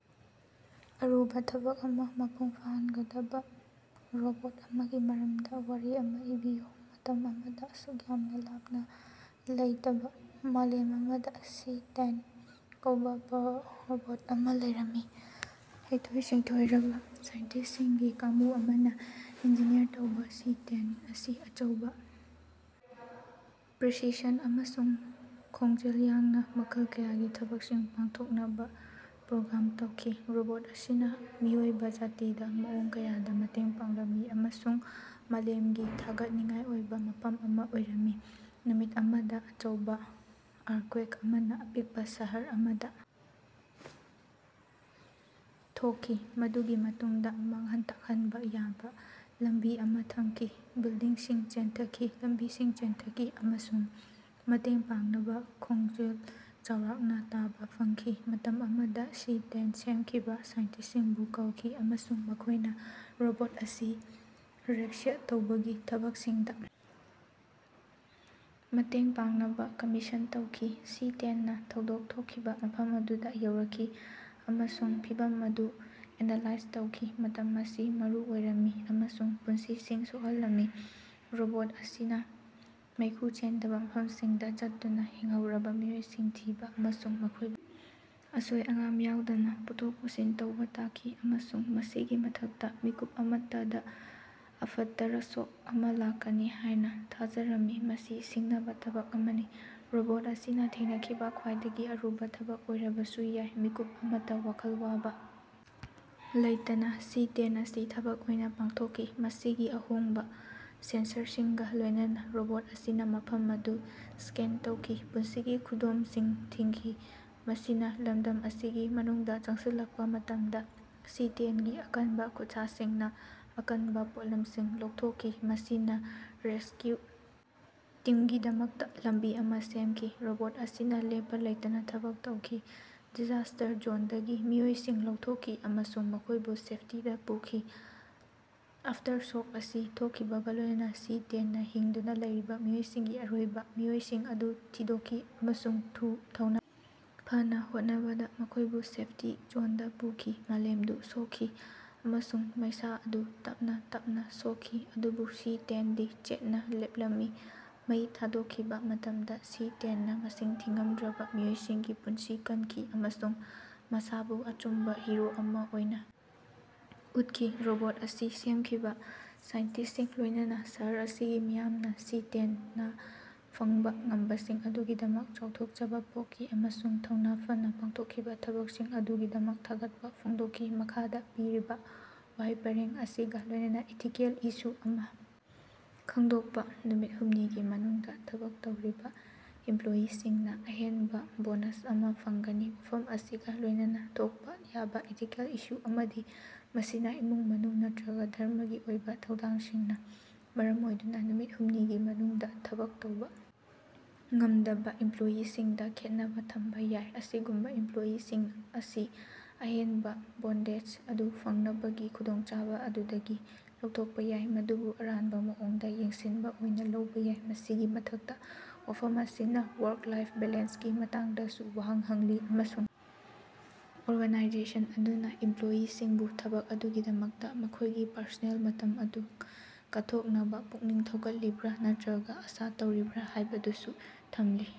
ꯑꯔꯨꯕ ꯊꯕꯛ ꯑꯃ ꯃꯄꯨꯡ ꯐꯥꯍꯟꯒꯗꯕ ꯔꯣꯕꯣꯠ ꯑꯃꯒꯤ ꯃꯔꯝꯗ ꯋꯥꯔꯤ ꯑꯃ ꯏꯕꯤꯌꯨ꯫ ꯃꯇꯝ ꯑꯃꯗ, ꯑꯁꯨꯛ ꯌꯥꯝꯅ ꯂꯥꯞꯅ ꯂꯩꯇꯕ ꯃꯥꯂꯦꯝ ꯑꯃꯗ ꯁꯤ-ꯇꯦꯟ ꯀꯧꯕ ꯔꯣꯕꯣꯠ ꯑꯃ ꯂꯩꯔꯝꯃꯤ꯫ ꯍꯩꯊꯣꯏ-ꯁꯤꯡꯊꯣꯏꯔꯕ ꯁꯥꯏꯟꯇꯤꯁ꯭ꯇꯁꯤꯡꯒꯤ ꯀꯥꯡꯕꯨ ꯑꯃꯅ ꯏꯟꯖꯤꯅꯤꯌꯔ ꯇꯧꯕ ꯁꯤ-ꯇꯦꯟ ꯑꯁꯤ ꯑꯆꯧꯕ ꯄ꯭ꯔꯤꯁꯤꯁꯟ ꯑꯃꯁꯨꯡ ꯈꯣꯡꯖꯦꯜ ꯌꯥꯡꯅ ꯃꯈꯜ ꯀꯌꯥꯒꯤ ꯊꯕꯛꯁꯤꯡ ꯄꯥꯡꯊꯣꯛꯅꯕ ꯄ꯭ꯔꯣꯒ꯭ꯔꯥꯝ ꯇꯧꯈꯤ꯫ ꯔꯣꯕꯣꯠ ꯑꯁꯤꯅ ꯃꯤꯑꯣꯏꯕ ꯖꯥꯇꯤꯗ ꯃꯑꯣꯡ ꯀꯌꯥꯗ‌ ꯃꯇꯦꯡ ꯄꯥꯡꯂꯝꯃꯤ ꯑꯃꯁꯨꯡ ꯃꯥꯂꯦꯝꯒꯤ ꯊꯥꯒꯠꯅꯤꯡꯉꯥꯏ ꯑꯣꯏꯕ ꯃꯐꯝ ꯑꯃ ꯑꯣꯏꯔꯝꯃꯤ꯫ ꯅꯨꯃꯤꯠ ꯑꯃꯗ ꯑꯆꯧꯕ ꯑꯥꯔꯊꯀ꯭ꯋꯦꯛ ꯑꯃꯅ ꯑꯄꯤꯛꯄ ꯁꯍꯔ ꯑꯃꯗ ꯊꯣꯛꯈꯤ, ꯃꯗꯨꯒꯤ ꯃꯇꯨꯡꯗ ꯃꯥꯡꯍꯟ ꯇꯥꯛꯍꯟꯕ ꯌꯥꯕ‌ ꯂꯝꯕꯤ ꯑꯃ ꯊꯝꯈꯤ꯫ ꯕꯤꯜꯗꯤꯡꯁꯤꯡ ꯆꯦꯟꯊꯈꯤ, ꯂꯝꯕꯤꯁꯤꯡ ꯆꯦꯟꯊꯈꯤ, ꯑꯃꯁꯨꯡ ꯃꯇꯦꯡ ꯄꯥꯡꯅꯕ ꯈꯣꯟꯖꯦꯜ ꯆꯥꯎꯔꯥꯛꯅ ꯇꯥꯕ ꯐꯪꯈꯤ꯫ ꯃꯇꯝ ꯑꯃꯗ ꯁꯤ-ꯇꯦꯟ ꯁꯦꯝꯈꯤꯕ ꯁꯥꯏꯟꯇꯤꯁ꯭ꯇꯁꯤꯡꯕꯨ ꯀꯧꯈꯤ, ꯑꯃꯁꯨꯡ ꯃꯈꯣꯏꯅ ꯔꯣꯕꯣꯠ ꯑꯁꯤ ꯔꯦꯁꯀ꯭ꯌꯨ ꯇꯧꯕꯒꯤ ꯊꯕꯛꯁꯤꯡꯗ ꯃꯇꯦꯡ ꯄꯥꯡꯅꯕ ꯀꯝꯃꯤꯁꯟ ꯇꯧꯈꯤ꯫ ꯁꯤ-ꯇꯦꯟꯅ ꯊꯧꯗꯣꯛ ꯊꯣꯛꯈꯤꯕ ꯃꯐꯝ ꯑꯗꯨꯗ ꯌꯧꯔꯛꯈꯤ ꯑꯃꯁꯨꯡ ꯐꯤꯚꯝ ꯑꯗꯨ ꯑꯦꯅꯥꯂꯥꯏꯖ ꯇꯧꯈꯤ꯫ ꯃꯇꯝ ꯑꯁꯤ ꯃꯔꯨ ꯑꯣꯏꯔꯝꯃꯤ, ꯑꯃꯁꯨꯡ ꯄꯨꯟꯁꯤꯁꯤꯡ ꯁꯣꯛꯍꯜꯂꯝꯃꯤ꯫ ꯔꯣꯕꯣꯠ ꯑꯁꯤꯅ ꯃꯩꯈꯨ ꯆꯦꯟꯗꯕ ꯃꯐꯝꯁꯤꯡꯗ ꯆꯠꯇꯨꯅ ꯍꯤꯡꯍꯧꯔꯕ ꯃꯤꯑꯣꯏꯁꯤꯡ ꯊꯤꯕ ꯑꯃꯁꯨꯡ ꯃꯈꯣꯏꯕꯨ ꯑꯁꯣꯏ ꯑꯉꯥꯝ ꯌꯥꯎꯗꯅ ꯄꯨꯊꯣꯛ ꯄꯨꯁꯤꯟ ꯇꯧꯕ ꯇꯥꯈꯤ꯫ ꯑꯃꯁꯨꯡ ꯃꯁꯤꯒꯤ ꯃꯊꯛꯇ, ꯃꯤꯀꯨꯞ ꯑꯃꯠꯇꯗ ꯑꯐꯇꯔꯁꯣꯛ ꯑꯃ ꯂꯥꯛꯀꯅꯤ ꯍꯥꯏꯅ ꯊꯥꯖꯔꯝꯃꯤ꯫ ꯃꯁꯤ ꯁꯤꯡꯅꯕ ꯊꯕꯛ ꯑꯃꯅꯤ, ꯔꯣꯕꯣꯠ ꯑꯁꯤꯅ ꯊꯦꯡꯅꯈꯤꯕ ꯈ꯭ꯋꯥꯏꯗꯒꯤ ꯑꯔꯨꯕ ꯊꯕꯛ ꯑꯣꯏꯔꯕꯁꯨ ꯌꯥꯏ꯫ ꯃꯤꯀꯨꯞ ꯑꯃꯠꯇ ꯋꯥꯈꯜ ꯋꯥꯕ ꯂꯩꯇꯅ ꯁꯤ-ꯇꯦꯟ ꯑꯁꯤ ꯊꯕꯛ ꯑꯣꯏꯅ ꯄꯥꯡꯊꯣꯛꯈꯤ꯫ ꯃꯁꯤꯒꯤ ꯑꯍꯣꯡꯕ ꯁꯦꯟꯁꯔꯁꯤꯡꯒ ꯂꯣꯏꯅꯅ ꯔꯣꯕꯣꯠ ꯑꯁꯤꯅ ꯃꯐꯝ ꯑꯗꯨ ꯁ꯭ꯀꯦꯟ ꯇꯧꯈꯤ, ꯄꯨꯟꯁꯤꯒꯤ ꯈꯨꯗꯝꯁꯤꯡ ꯊꯤꯈꯤ꯫ ꯃꯁꯤꯅ ꯂꯝꯗꯝ ꯑꯁꯤꯒꯤ ꯃꯅꯨꯡꯗ ꯆꯪꯁꯤꯜꯂꯛꯄ ꯃꯇꯝꯗ ꯁꯤ-ꯇꯦꯟꯒꯤ ꯑꯀꯟꯕ ꯈꯨꯠꯁꯥꯁꯤꯡꯅ ꯑꯀꯟꯕ ꯄꯣꯠꯂꯝꯁꯤꯡ ꯂꯧꯊꯣꯛꯈꯤ, ꯃꯁꯤꯅ ꯔꯦꯁꯀ꯭ꯌꯨ ꯇꯤꯝꯒꯤꯗꯃꯛꯇ ꯂꯝꯕꯤ ꯑꯃ ꯁꯦꯝꯈꯤ꯫ ꯔꯣꯕꯣꯠ ꯑꯁꯤꯅ ꯂꯦꯞꯄ ꯂꯩꯇꯅ ꯊꯕꯛ ꯇꯧꯈꯤ, ꯗꯤꯖꯥꯁ꯭ꯇꯔ ꯖꯣꯟꯗꯒꯤ ꯃꯤꯑꯣꯏꯁꯤꯡ ꯂꯧꯊꯣꯛꯈꯤ ꯑꯃꯁꯨꯡ ꯃꯈꯣꯏꯕꯨ ꯁꯦꯐꯇꯤꯗ ꯄꯨꯈꯤ꯫ ꯑꯥꯐꯇꯔꯁꯣꯛ ꯑꯁꯤ ꯊꯣꯛꯈꯤꯕꯒ ꯂꯣꯏꯅꯅ ꯁꯤ-ꯇꯦꯟ ꯅꯥ ꯍꯤꯡꯗꯨꯅ ꯂꯩꯔꯤꯕꯥ ꯃꯤꯑꯣꯏꯁꯤꯡꯒꯤ ꯑꯔꯣꯏꯕ ꯃꯤꯑꯣꯏꯁꯤꯡ ꯑꯗꯨ ꯊꯤꯗꯣꯛꯈꯤ, ꯑꯃꯁꯨꯡ ꯊꯧꯅ ꯐꯅꯥ ꯍꯣꯠꯅꯕꯗ ꯃꯈꯣꯏꯕꯨ ꯁꯦꯐꯇꯤ ꯖꯣꯟꯗ ꯄꯨꯈꯤ꯫ ꯃꯥꯂꯦꯝꯗꯨ ꯁꯣꯛꯈꯤ, ꯑꯃꯁꯨꯡ ꯃꯩꯁꯥ ꯑꯗꯨ ꯇꯞꯅꯥ ꯇꯞꯅꯥ ꯁꯣꯛꯈꯤ, ꯑꯗꯨꯕꯨ ꯁꯤ-ꯇꯦꯟꯗꯤ ꯆꯦꯠꯅ ꯂꯦꯞꯂꯝꯃꯤ꯫ ꯃꯩ ꯊꯥꯗꯣꯛꯈꯤꯕ ꯃꯇꯝꯗ ꯁꯤ-ꯇꯦꯟꯅꯥ ꯃꯁꯤꯡ ꯊꯤꯉꯝꯗ꯭ꯔꯕ ꯃꯤꯑꯣꯏꯁꯤꯡꯒꯤ ꯄꯨꯟꯁꯤ ꯀꯟꯈꯤ, ꯑꯃꯁꯨꯡ ꯃꯁꯥꯕꯨ ꯑꯆꯨꯝꯕ ꯍꯤꯔꯣ ꯑꯃ ꯑꯣꯏꯅ ꯎꯠꯈꯤ꯫ ꯔꯣꯕꯣꯠ ꯑꯁꯤ ꯁꯦꯝꯈꯤꯕ ꯁꯥꯏꯟꯇꯤꯁ꯭ꯇꯁꯤꯡ, ꯂꯣꯏꯅꯅ ꯁꯍꯔ ꯑꯁꯤꯒꯤ ꯃꯤꯌꯥꯝꯅ ꯁꯤ-ꯇꯦꯟ ꯅꯥ ꯐꯪꯕ‌ ꯉꯝꯕꯁꯤꯡ ꯑꯗꯨꯒꯤꯗꯃꯛ ꯆꯥꯎꯊꯣꯛꯆꯕ ꯄꯣꯛꯈꯤ, ꯑꯃꯁꯨꯡ ꯊꯧꯅ ꯐꯅꯥ ꯄꯥꯡꯊꯣꯛꯈꯤꯕ ꯊꯕꯛꯁꯤꯡ ꯑꯗꯨꯒꯤꯗꯃꯛ ꯊꯥꯒꯠꯄ ꯐꯣꯡꯗꯣꯛꯈꯤ꯫ ꯃꯈꯥꯗ ꯄꯤꯔꯤꯕꯥ ꯋꯥꯍꯩ ꯄꯔꯦꯡ ꯑꯁꯤꯒ ꯂꯣꯏꯅꯅ ꯏꯊꯤꯀꯦꯜ ꯏꯁꯨ ꯑꯃ ꯈꯪꯗꯣꯛꯄ꯫ ꯅꯨꯃꯤꯠ ꯍꯨꯝꯅꯤꯒꯤ ꯃꯅꯨꯡꯗ ꯊꯕꯛ ꯇꯧꯔꯤꯕ ꯏꯝꯄ꯭ꯂꯣꯌꯤꯁꯤꯡꯅ ꯑꯍꯦꯟꯕ ꯕꯣꯅꯥꯁ ꯑꯃ ꯐꯪꯒꯅꯤ꯫ ꯋꯥꯐꯝ ꯑꯁꯤꯒ ꯂꯣꯏꯅꯅ ꯊꯣꯛꯄ ꯌꯥꯕ ꯏꯊꯤꯀꯦꯜ ꯏꯁꯨ ꯑꯃꯗꯤ ꯃꯁꯤꯅ ꯏꯃꯨꯡ ꯃꯅꯨꯡ ꯅꯠꯇꯔꯒ ꯙꯔꯝꯃꯒꯤ ꯑꯣꯏꯕ ꯊꯧꯗꯥꯡꯁꯤꯡꯅ ꯃꯔꯝ ꯑꯣꯏꯗꯨꯅ ꯅꯨꯃꯤꯠ ꯍꯨꯝꯅꯤꯒꯤ ꯃꯅꯨꯡꯗ ꯊꯕꯛ ꯇꯧꯕ ꯉꯝꯗꯕ ꯏꯝꯄ꯭ꯂꯣꯌꯤꯁꯤꯡꯗ ꯈꯦꯠꯅꯕ‌ ꯊꯝꯕ ꯌꯥꯏ꯫ ꯑꯁꯤꯒꯨꯝꯕ ꯏꯝꯄ꯭ꯂꯣꯌꯤꯁꯤꯡ ꯑꯁꯤ ꯑꯍꯦꯟꯕ ꯕꯣꯟꯗꯦꯖ ꯑꯗꯨ ꯐꯪꯅꯕꯒꯤ ꯈꯨꯗꯣꯡꯆꯥꯕ ꯑꯗꯨꯗꯒꯤ ꯂꯧꯊꯣꯛꯄ ꯌꯥꯏ, ꯃꯗꯨꯕꯨ ꯑꯔꯥꯟꯕ ꯃꯑꯣꯡꯗ ꯌꯦꯡꯁꯤꯟꯕ ꯑꯣꯏꯅ‌ ꯂꯧꯕ ꯌꯥꯏ꯫ ꯃꯁꯤꯒꯤ ꯃꯊꯛꯇ, ꯋꯥꯐꯝ ꯑꯁꯤꯅ ꯋꯥꯔꯛ-ꯂꯥꯏꯐ ꯕꯦꯂꯦꯟꯁꯀꯤ ꯃꯇꯥꯡꯗꯁꯨ ꯋꯥꯍꯪ ꯍꯪꯂꯤ ꯑꯃꯁꯨꯡ ꯑꯣꯔꯒꯥꯅꯥꯏꯖꯦꯁꯟ ꯑꯗꯨꯅ ꯏꯝꯄ꯭ꯂꯣꯌꯤꯁꯤꯡꯕꯨ ꯊꯕꯛ ꯑꯗꯨꯒꯤꯗꯃꯛꯇ ꯃꯈꯣꯏꯒꯤ ꯄꯔꯁꯣꯅꯦꯜ ꯃꯇꯝ ꯑꯗꯨ ꯀꯠꯊꯣꯛꯅꯕ ꯄꯨꯛꯅꯤꯡ ꯊꯧꯒꯠꯂꯤꯕ꯭ꯔꯥ ꯅꯠꯇꯔꯒ ꯑꯥꯁꯥ ꯇꯧꯔꯤꯕ꯭ꯔꯥ ꯍꯥꯏꯕꯗꯨꯁꯨ ꯊꯝꯂꯤ꯫